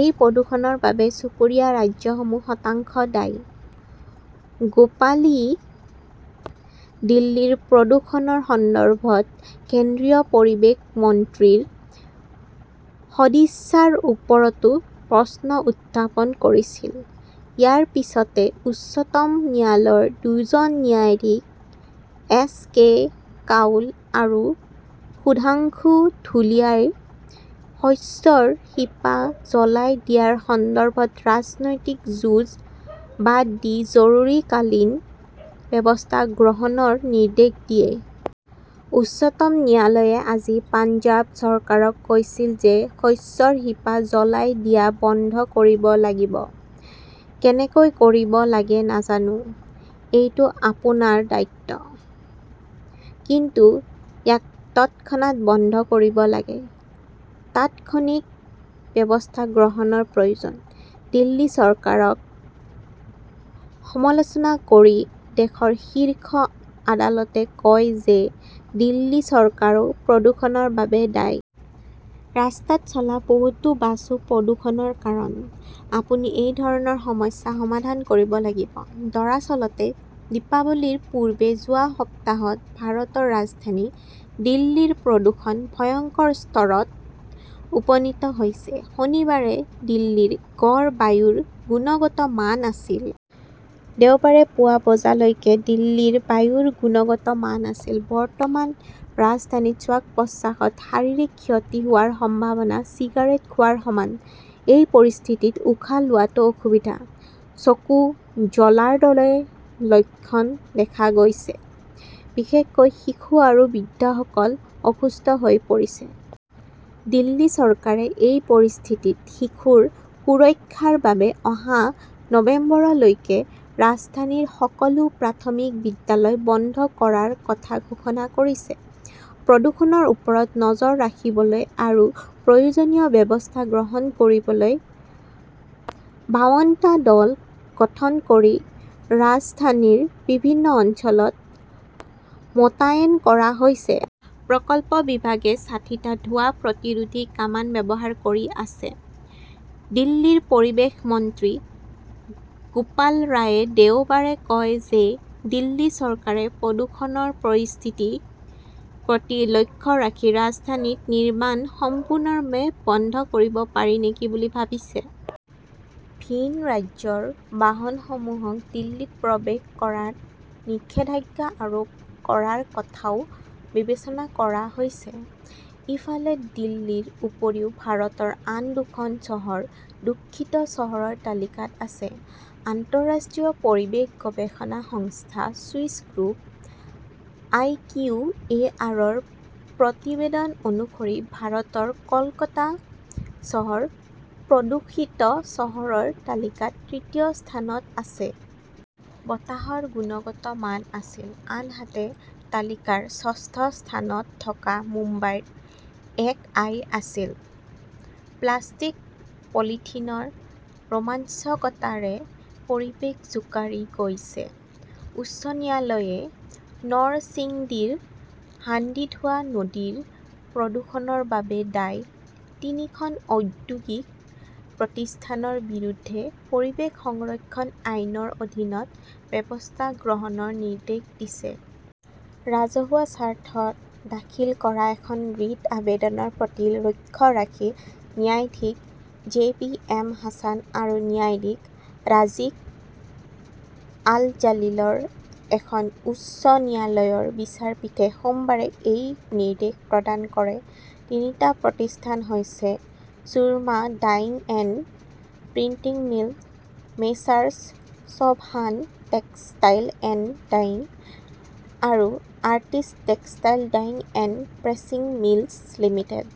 এই প্ৰদূষণৰ বাবে চুবুৰীয়া ৰাজ্যসমূহ শতাংশ দায়ী। গোপালই দিল্লীৰ প্ৰদূষণৰ সন্দৰ্ভত কেন্দ্ৰীয় পৰিৱেশ মন্ত্ৰীৰ সদিচ্ছাৰ ওপৰতো প্ৰশ্ন উত্থাপন কৰিছিল। ইয়াৰ পিছতে উচ্চতম ন্যায়ালয়ৰ দুজন ন্যায়াধীশ এছ কে কাউল আৰু সুধাংশু ধুলিয়াই শস্যৰ শিপা জ্বলাই দিয়াৰ সন্দৰ্ভত ৰাজনৈতিক যুঁজ বাদ দি জৰুৰীকালীন ব্যৱস্থা গ্ৰহণৰ নিৰ্দেশ দিয়ে। উচ্চতম ন্যায়ালয়ে আজি পঞ্জাৱ চৰকাৰক কৈছিল যে শস্যৰ শিপা জ্বলাই দিয়া বন্ধ কৰিব লাগিব। কেনেকৈ কৰিব লাগে নাজানো। এইটো আপোনাৰ দায়িত্ব। কিন্তু ইয়াক তৎক্ষণাত বন্ধ কৰিব লাগে। তাৎক্ষণিক ব্যৱস্থা গ্ৰহণৰ প্ৰয়োজন। দিল্লী চৰকাৰক সমালোচনা কৰি দেশৰ শীৰ্ষ আদালতে কয় যে দিল্লী চৰকাৰো প্ৰদূষণৰ বাবে দায়ী। ৰাস্তাত চলা বহুতো বাছও প্ৰদূষণৰ কাৰণ। আপুনি এই ধৰণৰ সমস্যা সমাধান কৰিব লাগিব। দৰাচলতে, দীপাৱলীৰ পূৰ্বে যোৱা সপ্তাহত ভাৰতৰ ৰাজধানী দিল্লীৰ প্ৰদূষণ ভয়ংকৰ স্তৰত উপনীত হৈছে। শনিবাৰে দিল্লীৰ গড় বায়ুৰ গুণগত মান আছিল। দেওবাৰে পুৱা বজালৈকে দিল্লীৰ বায়ুৰ গুণগত মান আছিল। বৰ্তমান ৰাজধানীত শ্বাস-প্ৰশ্বাসত শাৰীৰিক ক্ষতি হোৱাৰ সম্ভাৱনা চিগাৰেট খোৱাৰ সমান। এই পৰিস্থিতিত উশাহ লোৱাত অসুবিধা, চকু জ্বলাৰ দৰে লক্ষণ দেখা গৈছে। বিশেষকৈ শিশু আৰু বৃদ্ধসকল অসুস্থ হৈ পৰিছে। দিল্লী চৰকাৰে এই পৰিস্থিতিত শিশুৰ সুৰক্ষাৰ বাবে অহা নৱেম্বৰলৈকে ৰাজধানীৰ সকলো প্ৰাথমিক বিদ্যালয় বন্ধ কৰাৰ কথা ঘোষণা কৰিছে। প্ৰদূষণৰ ওপৰত নজৰ ৰাখিবলৈ আৰু প্ৰয়োজনীয় ব্যৱস্থা গ্ৰহণ কৰিবলৈ বাৱনটা দল গঠন কৰি ৰাজধানীৰ বিভিন্ন অঞ্চলত মোতায়েন কৰা হৈছে। প্ৰকল্প বিভাগে ষাঠিটা ধোঁৱা প্ৰতিৰোধী কামান ব্যৱহাৰ কৰি আছে। দিল্লীৰ পৰিৱেশ মন্ত্ৰী গোপাল ৰায়ে দেওবাৰে কয় যে দিল্লী চৰকাৰে প্ৰদূষণৰ পৰিস্থিতিৰ প্ৰতি লক্ষ্য ৰাখি ৰাজধানীত নিৰ্মাণ সম্পূৰ্ণৰূপে বন্ধ কৰিব পাৰি নেকি বুলি ভাবিছে। ভিন ৰাজ্যৰ বাহনসমূহক দিল্লীত প্ৰৱেশ কৰাত নিষেধাজ্ঞা আৰোপ কৰাৰ কথাও বিবেচনা কৰা হৈছে। ইফালে, দিল্লীৰ উপৰিও ভাৰতৰ আন দুখন চহৰ দূষিত চহৰৰ তালিকাত আছে। আন্তঃৰাষ্ট্ৰীয় পৰিৱেশ গৱেষণা সংস্থা চুইচ গ্ৰুপ আই কিউএআৰৰ প্ৰতিবেদন অনুসৰি ভাৰতৰ কলকাতা চহৰ প্ৰদূষিত চহৰৰ তালিকাত তৃতীয় স্থানত আছে। বতাহৰ গুণগত মান আছিল। আনহাতে তালিকাৰ ষষ্ঠ স্থানত থকা মুম্বাইৰ একআই আছিল। প্লাষ্টিক-পলিথিনৰ ৰোমাঞ্চকৰতাৰে পৰিৱেশ জোকাৰি গৈছে উচ্চ ন্যায়ালয়ে নৰসিংডীৰ হাণ্ডিধোৱা নদীৰ প্ৰদূষণৰ বাবে দায়ী তিনিখন ঔদ্যোগিক প্ৰতিষ্ঠানৰ বিৰুদ্ধে পৰিৱেশ সংৰক্ষণ আইনৰ অধীনত ব্যৱস্থা গ্ৰহণৰ নিৰ্দেশ দিছে। ৰাজহুৱা স্বাৰ্থত দাখিল কৰা এখন ৰিট আবেদনৰ প্ৰতি লক্ষ্য ৰাখি ন্যায়াধীশ জে বি এম হাছান আৰু ন্যায়াধীশ ৰাজিক আল জালিলৰ এখন উচ্চ ন্যায়ালয়ৰ বিচাৰপীঠে সোমবাৰে এই নিৰ্দেশ প্ৰদান কৰে। তিনিটা প্ৰতিষ্ঠান হৈছে-সুৰমা dyeing and printing mill, Messrs Sobhan textile and dyeing আৰু artist textile dyeing and processing mills limited.